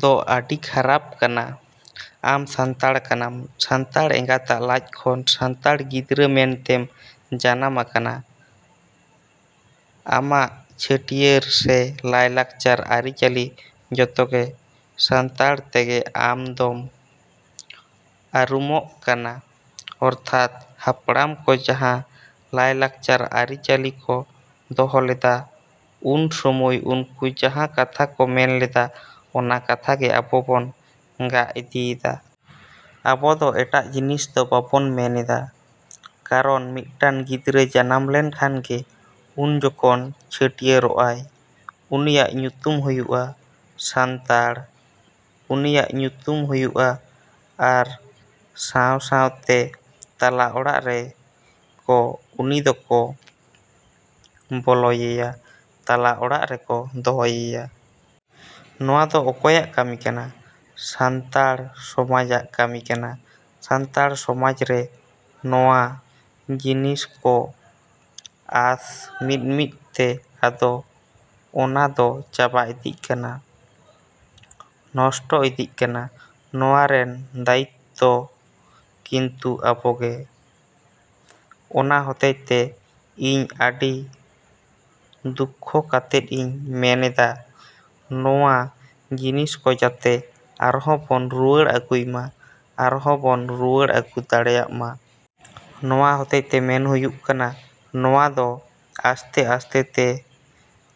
‎ᱫᱚ ᱟᱹᱰᱤ ᱠᱷᱟᱨᱟᱯ ᱠᱟᱱᱟ᱾ ᱟᱢ ᱥᱟᱱᱛᱟᱲ ᱠᱟᱱᱟᱢ, ᱥᱟᱱᱛᱟᱲ ᱮᱸᱜᱟᱛᱟᱜ ᱞᱟᱡ ᱠᱷᱚᱱ ᱥᱟᱱᱛᱟᱲ ᱜᱤᱫᱽᱨᱟᱹ ᱢᱮᱱᱛᱮᱢ ᱡᱚᱱᱢᱚ ᱟᱠᱟᱱᱟ᱾ ᱟᱢᱟᱜ ᱪᱷᱟᱹᱴᱭᱟᱹᱨ ᱥᱮ ᱞᱟᱭ ᱞᱟᱠᱪᱟᱨ, ᱟᱹᱨᱤ ᱪᱟᱹᱞᱤ ᱡᱚᱛᱚ ᱜᱮ ᱥᱟᱱᱛᱟᱲ ᱛᱮᱜᱟ ᱟᱢ ᱫᱚᱢ ᱟᱨᱩᱢᱚᱜ ᱠᱟᱱᱟ᱾ ᱚᱨᱛᱷᱟᱛ ᱦᱟᱯᱲᱟᱢ ᱠᱚ ᱡᱟᱦᱟᱸ ᱞᱟᱭ ᱞᱟᱠᱪᱟᱨ, ᱟᱹᱨᱤ ᱪᱟᱹᱞᱤ ᱠᱚ ᱫᱚᱦᱚ ᱞᱮᱫᱟ ᱩᱱ ᱥᱚᱢᱚᱭ ᱩᱱᱠᱩ ᱡᱟᱦᱟᱸ ᱠᱟᱛᱷᱟ ᱠᱚ ᱢᱮᱱ ᱞᱮᱫᱟ ᱚᱱᱟ ᱠᱟᱛᱷᱟ ᱜᱮ ᱟᱵᱚ ᱵᱚᱱ ᱜᱟᱜ ᱤᱫᱤᱭ ᱮᱫᱟ᱾ ᱟᱵᱚᱫᱚ ᱮᱴᱟᱜ ᱡᱤᱱᱤᱥ ᱫᱚ ᱵᱟᱵᱚᱱ ᱢᱮᱱᱮᱫᱟ᱾ ᱠᱟᱨᱚᱱ ᱢᱤᱫᱴᱤᱡ ᱜᱤᱫᱽᱨᱟᱹ ᱡᱟᱱᱟᱢ ᱞᱮᱱ ᱠᱷᱟᱡ ᱜᱮ ᱩᱱ ᱡᱚᱠᱷᱚᱱ ᱪᱷᱟᱹᱴᱭᱟᱹᱨᱚᱜᱼᱟᱭ ᱩᱱᱤᱭᱟᱜ ᱧᱩᱛᱩᱢ ᱦᱩᱭᱩᱜᱼᱟ ᱥᱟᱱᱛᱟᱲ, ᱩᱱᱤᱭᱟᱜ ᱧᱩᱛᱩᱢ ᱦᱩᱭᱩᱜᱼᱟ ᱟᱨ ᱥᱟᱶᱼᱥᱟᱶᱛᱮ ᱛᱟᱞᱟ ᱚᱲᱟᱜ ᱨᱮᱠᱚ ᱩᱱᱤ ᱫᱚᱠᱚ ᱵᱚᱞᱚᱭᱮᱭᱟ, ᱛᱟᱞᱟ ᱚᱲᱟᱜ ᱨᱮᱠᱚ ᱫᱚᱦᱚᱭᱮᱭᱟ᱾ ᱱᱚᱣᱟ ᱫᱚ ᱚᱠᱚᱭᱟᱜ ᱠᱟᱹᱢᱤ ᱠᱟᱱᱟ? ᱥᱟᱱᱛᱟᱲ ᱥᱚᱢᱟᱡᱟᱜ ᱠᱟᱹᱢᱤ ᱠᱟᱱᱟ᱾ ᱥᱟᱱᱛᱟᱲ ᱥᱚᱢᱟᱡᱽ ᱨᱮ ᱱᱚᱣᱟ ᱡᱤᱱᱤᱥ ᱠᱚ ᱟᱥ ᱢᱤᱫᱼᱢᱤᱫᱛᱮ ᱟᱫᱚ ᱚᱱᱟ ᱫᱚ ᱪᱟᱵᱟ ᱤᱫᱤᱜ ᱠᱟᱱᱟ, ᱱᱚᱥᱴᱚ ᱤᱫᱤᱜ ᱠᱟᱱᱟ᱾ ᱱᱚᱣᱟ ᱨᱮᱱ ᱫᱟᱹᱭᱤᱛᱛᱚ ᱠᱤᱱᱛᱩ ᱟᱵᱚ ᱜᱮ᱾ ᱚᱱᱟ ᱦᱚᱛᱮᱛᱮ ᱤᱧ ᱟᱹᱰᱤ ᱫᱩᱠᱠᱷᱚ ᱠᱟᱛᱮᱫ ᱤᱧ ᱢᱮᱱᱮᱫᱟ ᱱᱚᱣᱟ ᱡᱤᱱᱤᱥ ᱠᱚ ᱡᱟᱛᱮ ᱟᱨᱦᱚᱸ ᱵᱚᱱ ᱨᱩᱣᱟᱹᱲ ᱟᱹᱜᱩᱭ ᱢᱟ, ᱟᱨᱦᱚᱸ ᱵᱚᱱ ᱨᱩᱣᱟᱹᱲ ᱟᱹᱜᱩ ᱫᱟᱲᱮᱭᱟᱜ ᱢᱟ᱾ ᱱᱚᱣᱟ ᱦᱚᱛᱮᱛᱮ ᱢᱮᱱ ᱦᱩᱭᱩᱜ ᱠᱟᱱᱟ ᱱᱚᱣᱟ ᱫᱚ ᱟᱥᱛᱮᱼᱟᱥᱛᱮᱛᱮ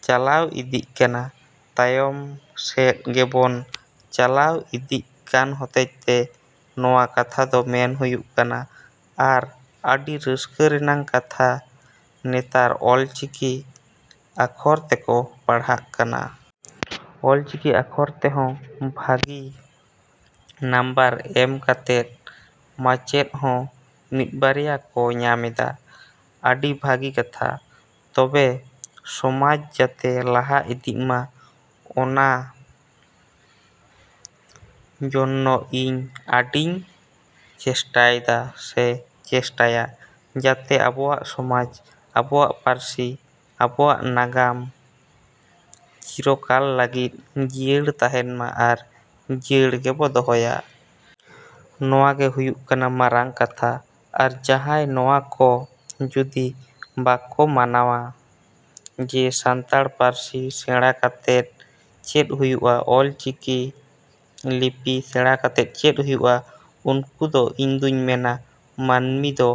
ᱪᱟᱞᱟᱣ ᱤᱫᱤᱜ ᱠᱟᱱᱟ᱾ ᱛᱟᱭᱚᱢ ᱥᱮᱫ ᱜᱮᱵᱚᱱ ᱪᱟᱞᱟᱣ ᱤᱫᱤᱜ ᱠᱟᱱ ᱦᱚᱛᱮᱡᱛᱮ ᱱᱚᱣᱟ ᱠᱟᱛᱷᱟ ᱫᱚ ᱢᱮᱱ ᱦᱩᱭᱩᱜ ᱠᱟᱱᱟ᱾ ᱟᱨ ᱟᱹᱰᱤ ᱨᱟᱹᱥᱠᱟᱹ ᱨᱮᱱᱟᱜ ᱠᱟᱛᱷᱟ ᱱᱮᱛᱟᱨ ᱚᱞ ᱪᱤᱠᱤ ᱟᱠᱷᱚᱨ ᱛᱮᱠᱚ ᱯᱟᱲᱦᱟᱜ ᱠᱟᱱᱟ᱾ ᱚᱞ ᱪᱤᱠᱤ ᱟᱠᱷᱚᱨ ᱛᱮᱦᱚᱸ ᱵᱷᱟᱹᱜᱤ ᱱᱟᱢᱵᱟᱨ ᱮᱢ ᱠᱟᱛᱮ ᱢᱟᱪᱮᱫ ᱦᱚᱸ ᱢᱤᱫ ᱵᱟᱨᱭᱟ ᱠᱚ ᱧᱟᱢᱮᱫᱟ᱾ ᱟᱹᱰᱤ ᱵᱷᱟᱹᱜᱤ ᱠᱟᱛᱷᱟ᱾ ᱛᱚᱵᱮ ᱥᱚᱢᱟᱡᱽ ᱡᱟᱛᱮ ᱞᱟᱦᱟ ᱤᱫᱤᱜ ᱢᱟ ᱚᱱᱟ ᱡᱚᱱᱱᱚ ᱤᱧ ᱟᱹᱰᱤᱧ ᱪᱮᱥᱴᱟᱭᱮᱫᱟ ᱥᱮ ᱪᱮᱥᱴᱟᱭᱟ ᱡᱟᱛᱮ ᱟᱵᱚᱣᱟᱜ ᱥᱚᱢᱟᱡᱽ, ᱟᱵᱚᱣᱟᱜ ᱯᱟᱹᱨᱥᱤ, ᱟᱵᱚᱣᱟᱜ ᱱᱟᱜᱟᱢ ᱪᱤᱨᱚᱠᱟᱞ ᱞᱟᱹᱜᱤᱫ ᱡᱤᱭᱟᱹᱲ ᱛᱟᱦᱮᱱ ᱢᱟ ᱟᱨ ᱡᱤᱭᱟᱹᱲ ᱜᱮᱵᱚ ᱫᱚᱦᱚᱭᱟ᱾ ᱱᱚᱣᱟ ᱜᱮ ᱦᱩᱭᱩᱜ ᱠᱟᱱᱟ ᱢᱟᱨᱟᱝ ᱠᱟᱛᱷᱟ᱾ ᱟᱨ ᱡᱟᱦᱟᱸᱭ ᱱᱚᱣᱟ ᱠᱚ ᱡᱩᱫᱤ ᱵᱟᱠᱚ ᱢᱚᱱᱮᱭᱟ ᱡᱮ ᱥᱟᱱᱛᱟᱲ ᱯᱟᱹᱨᱥᱤ ᱥᱮᱬᱟ ᱠᱟᱛᱮᱫ ᱪᱮᱫ ᱦᱩᱭᱩᱜᱼᱟ, ᱚᱞ ᱪᱤᱠᱤ ᱞᱤᱯᱤ ᱥᱮᱬᱟ ᱠᱟᱛᱮ ᱪᱮᱫ ᱦᱩᱭᱩᱜᱼᱟ, ᱩᱱᱠᱩ ᱫᱚ ᱤᱧᱫᱩᱧ ᱢᱮᱱᱟ ᱢᱟᱹᱱᱢᱤ ᱫᱚ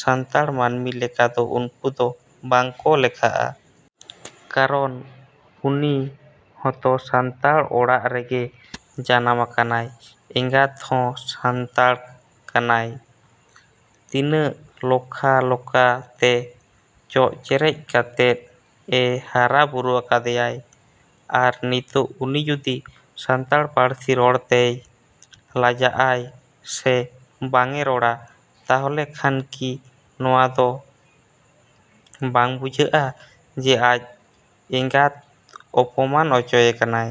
ᱥᱟᱱᱛᱟᱲ ᱢᱟᱹᱱᱢᱤ ᱞᱮᱠᱟ ᱫᱚ ᱩᱱᱠᱩ ᱫᱚ ᱵᱟᱝ ᱠᱚ ᱞᱮᱠᱷᱟᱜᱼᱟ᱾ ᱠᱟᱨᱚᱱ ᱩᱱᱤ ᱦᱚᱛᱚ ᱥᱟᱱᱛᱟᱲ ᱚᱲᱟᱜ ᱨᱮᱜᱮ ᱡᱟᱱᱟᱢ ᱟᱠᱟᱱᱟᱭ᱾ ᱮᱸᱜᱟᱛ ᱦᱚᱸ ᱥᱟᱱᱛᱟᱲ ᱠᱟᱱᱟᱭ, ᱛᱤᱱᱟᱹᱜ ᱞᱚᱠᱟᱼᱞᱚᱠᱟ ᱛᱮ ᱪᱚᱜ ᱪᱮᱨᱮᱡ ᱠᱟᱛᱮᱫ ᱮᱭ ᱦᱟᱨᱟ ᱟᱠᱟᱫᱮᱭᱟᱭ᱾ ᱟᱨ ᱱᱤᱛᱚᱜ ᱩᱱᱤ ᱡᱩᱫᱤ ᱥᱟᱱᱛᱟᱲ ᱯᱟᱹᱨᱥᱤ ᱨᱚᱲ ᱛᱮᱭ ᱞᱟᱡᱟᱜᱼᱟᱭ ᱥᱮ ᱵᱟᱝᱼᱮ ᱨᱚᱲᱟ ᱛᱟᱦᱚᱞᱮ ᱠᱷᱟᱱ ᱠᱤ ᱱᱚᱣᱟ ᱫᱚ ᱵᱟᱝ ᱵᱩᱡᱷᱩᱜᱚᱜᱼᱟ ᱡᱮ ᱟᱡ ᱮᱸᱜᱟᱛᱮ ᱚᱯᱚᱢᱟᱱ ᱚᱪᱚᱭᱮ ᱠᱟᱱᱟᱭ?